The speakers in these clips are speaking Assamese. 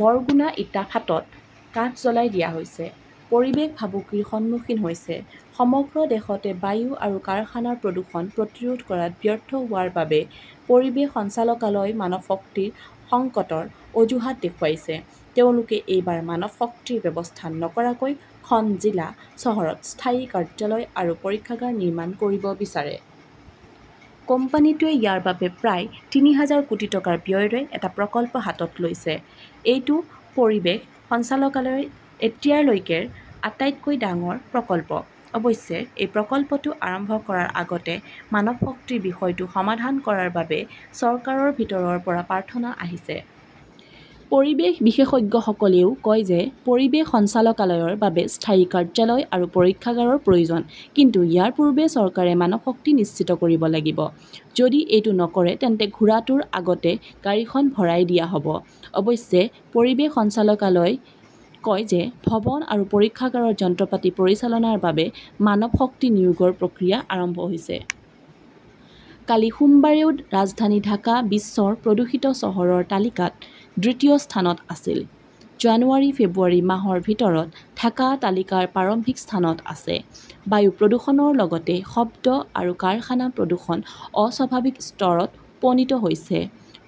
বৰগুনা ইটাৰ ফাঁটত কাঠ জ্বলাই দিয়া হৈছে, পৰিৱেশ ভাবুকিৰ সন্মুখীন হৈছে সমগ্ৰ দেশতে বায়ু আৰু কাৰখানাৰ প্ৰদূষণ প্ৰতিৰোধ কৰাত ব্যৰ্থ হোৱাৰ বাবে পৰিৱেশ সঞ্চালকালয়ই মানৱশক্তিৰ সংকটৰ অজুহাত দেখুৱাইছে। তেওঁলোকে এইবাৰ মানৱশক্তিৰ ব্যৱস্থা নকৰাকৈ খন জিলা চহৰত স্থায়ী কাৰ্যালয় আৰু পৰীক্ষাগাৰ নিৰ্মাণ কৰিব বিচাৰে। কোম্পানীটোৱে ইয়াৰ বাবে প্ৰায় তিনি হাজাৰ কোটি টকা ব্যয়েৰে এটা প্ৰকল্প হাতত লৈছে। এইটো পৰিৱেশ সঞ্চালকালয়ৰ এতিয়ালৈকেৰ আটাইতকৈ ডাঙৰ প্ৰকল্প। অৱশ্যে, প্ৰকল্পটো আৰম্ভ কৰাৰ আগতে মানৱশক্তিৰ বিষয়টো সমাধান কৰাৰ বাবে চৰকাৰৰ ভিতৰৰ পৰা প্ৰাৰ্থনা আহিছে। পৰিৱেশ বিশেষজ্ঞসকলেও কয় যে পৰিৱেশ সঞ্চালকালয়ৰ বাবে স্থায়ী কাৰ্যালয় আৰু পৰীক্ষাগাৰৰ প্ৰয়োজন। কিন্তু ইয়াৰ পূৰ্বে চৰকাৰে মানৱশক্তি নিশ্চিত কৰিব লাগিব। যদি এইটো নকৰে তেন্তে ঘোঁৰাটোৰ আগতে গাড়ীখন ভৰাই দিয়া হ 'ব। অৱশ্যে পৰিৱেশ সঞ্চালকালয়ই কয় যে ভৱন আৰু পৰীক্ষাগাৰৰ যন্ত্ৰপাতি পৰিচালনাৰ বাবে মানৱশক্তি নিয়োগৰ প্ৰক্ৰিয়া আৰম্ভ হৈছে। কালি সোমবাৰেও ৰাজধানী ঢাকা বিশ্বৰ প্ৰদূষিত চহৰৰ তালিকাত দ্বিতীয় স্থানত আছিল। জানুৱাৰী-ফেব্ৰুৱাৰী মাহৰ ভিতৰত ঢাকা তালিকাৰ প্ৰাৰম্ভিক স্থানত আছে। বায়ু প্ৰদূষণৰ লগতে শব্দ আৰু কাৰখানা প্ৰদূষণ অস্বাভাৱিক স্তৰত উপনীত হৈছে।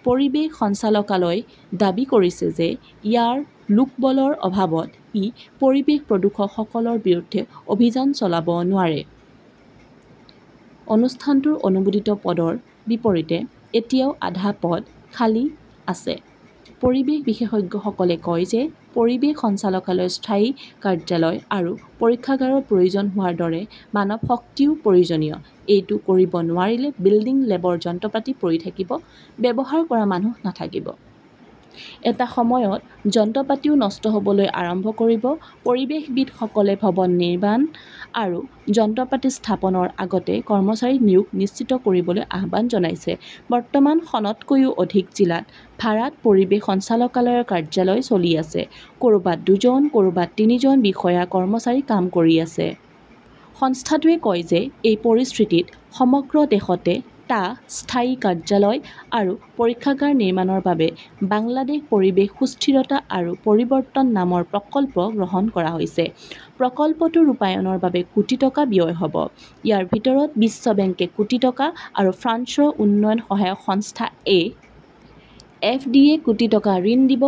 পৰিৱেশ সঞ্চালকালয়ই দাবী কৰিছে যে ইয়াৰ লোকবলৰ অভাৱত ই পৰিৱেশ প্ৰদূষকসকলৰ বিৰুদ্ধে অভিযান চলাব নোৱাৰে। সংস্থাটোৰ অনুমোদিত পদৰ বিপৰীতে এতিয়াও আধা পদ খালী আছে। পৰিৱেশ বিশেষজ্ঞসকলে কয় যে পৰিৱেশ সঞ্চালকালয়ৰ স্থায়ী কাৰ্যালয় আৰু পৰীক্ষাগাৰৰ প্ৰয়োজন হোৱাৰ দৰে মানৱশক্তিও প্ৰয়োজনীয়। এইটো কৰিব নোৱাৰিলে বিল্ডিং-লেবৰ যন্ত্ৰপাতি পৰি থাকিব, ব্যৱহাৰ কৰা মানুহ নাথাকিব। এটা সময়ত যন্ত্ৰপাতিও নষ্ট হ "বলৈ আৰম্ভ কৰিব। পৰিৱেশবিদসকলে ভৱন নিৰ্মাণ আৰু যন্ত্ৰপাতি স্থাপনৰ আগতে কৰ্মচাৰী নিয়োগ নিশ্চিত কৰিবলৈ আহ্বান জনাইছে। বৰ্তমান খনতকৈও অধিক জিলাত ভাড়াত পৰিৱেশ সঞ্চালকালয়ৰ কাৰ্যালয় চলি আছে। ক "ৰবাত দুজন, ক" ৰবাত তিনিজন বিষয়া-কৰ্মচাৰী কাম কৰি আছে। সংস্থাটোৱে কয় যে এই পৰিস্থিতিত সমগ্ৰ দেশতে টা স্থায়ী কাৰ্যালয় আৰু পৰীক্ষাগাৰ নিৰ্মাণৰ বাবে বাংলাদেশ পৰিৱেশ সুস্থিৰতা আৰু পৰিৱৰ্তন নামৰ প্ৰকল্প গ্ৰহণ কৰা হৈছে। প্ৰকল্পটোৰ ৰূপায়ণৰ বাবে কোটি টকা ব্যয় হ 'ব। ইয়াৰ ভিতৰত বিশ্ব বেংকে কোটি টকা আৰু ফ্ৰান্সৰ উন্নয়ন সহায়ক সংস্থা এ. এফ. ডি. -য়ে কোটি টকা ঋণ দিব।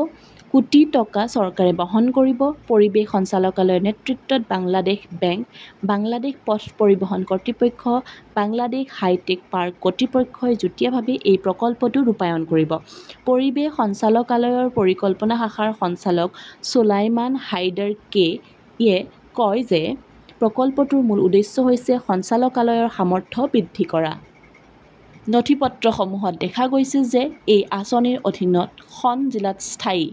কোটি টকা চৰকাৰে বহন কৰিব। পৰিৱেশ সঞ্চালকালয়ৰ নেতৃত্বত বাংলাদেশ বেংক, বাংলাদেশ পথ পৰিবহণ কৰ্তৃপক্ষ আৰু বাংলাদেশ হাই-টেক পাৰ্ক কৰ্তৃপক্ষই যুটীয়াভাৱে এই প্ৰকল্পটো ৰূপায়ণ কৰিব। পৰিৱেশ সঞ্চালকালয়ৰ পৰিকল্পনা শাখাৰ সঞ্চালক চ 'লায়মান হাইদৰ কে-য়ে কয় যে প্ৰকল্পটোৰ মূল উদ্দেশ্য হৈছে সঞ্চালকালয়ৰ সামৰ্থ্য বৃদ্ধি কৰা। নথিপত্ৰসমূহত দেখা গৈছে যে এই আঁচনিৰ অধীনত খন জিলাত স্থায়ী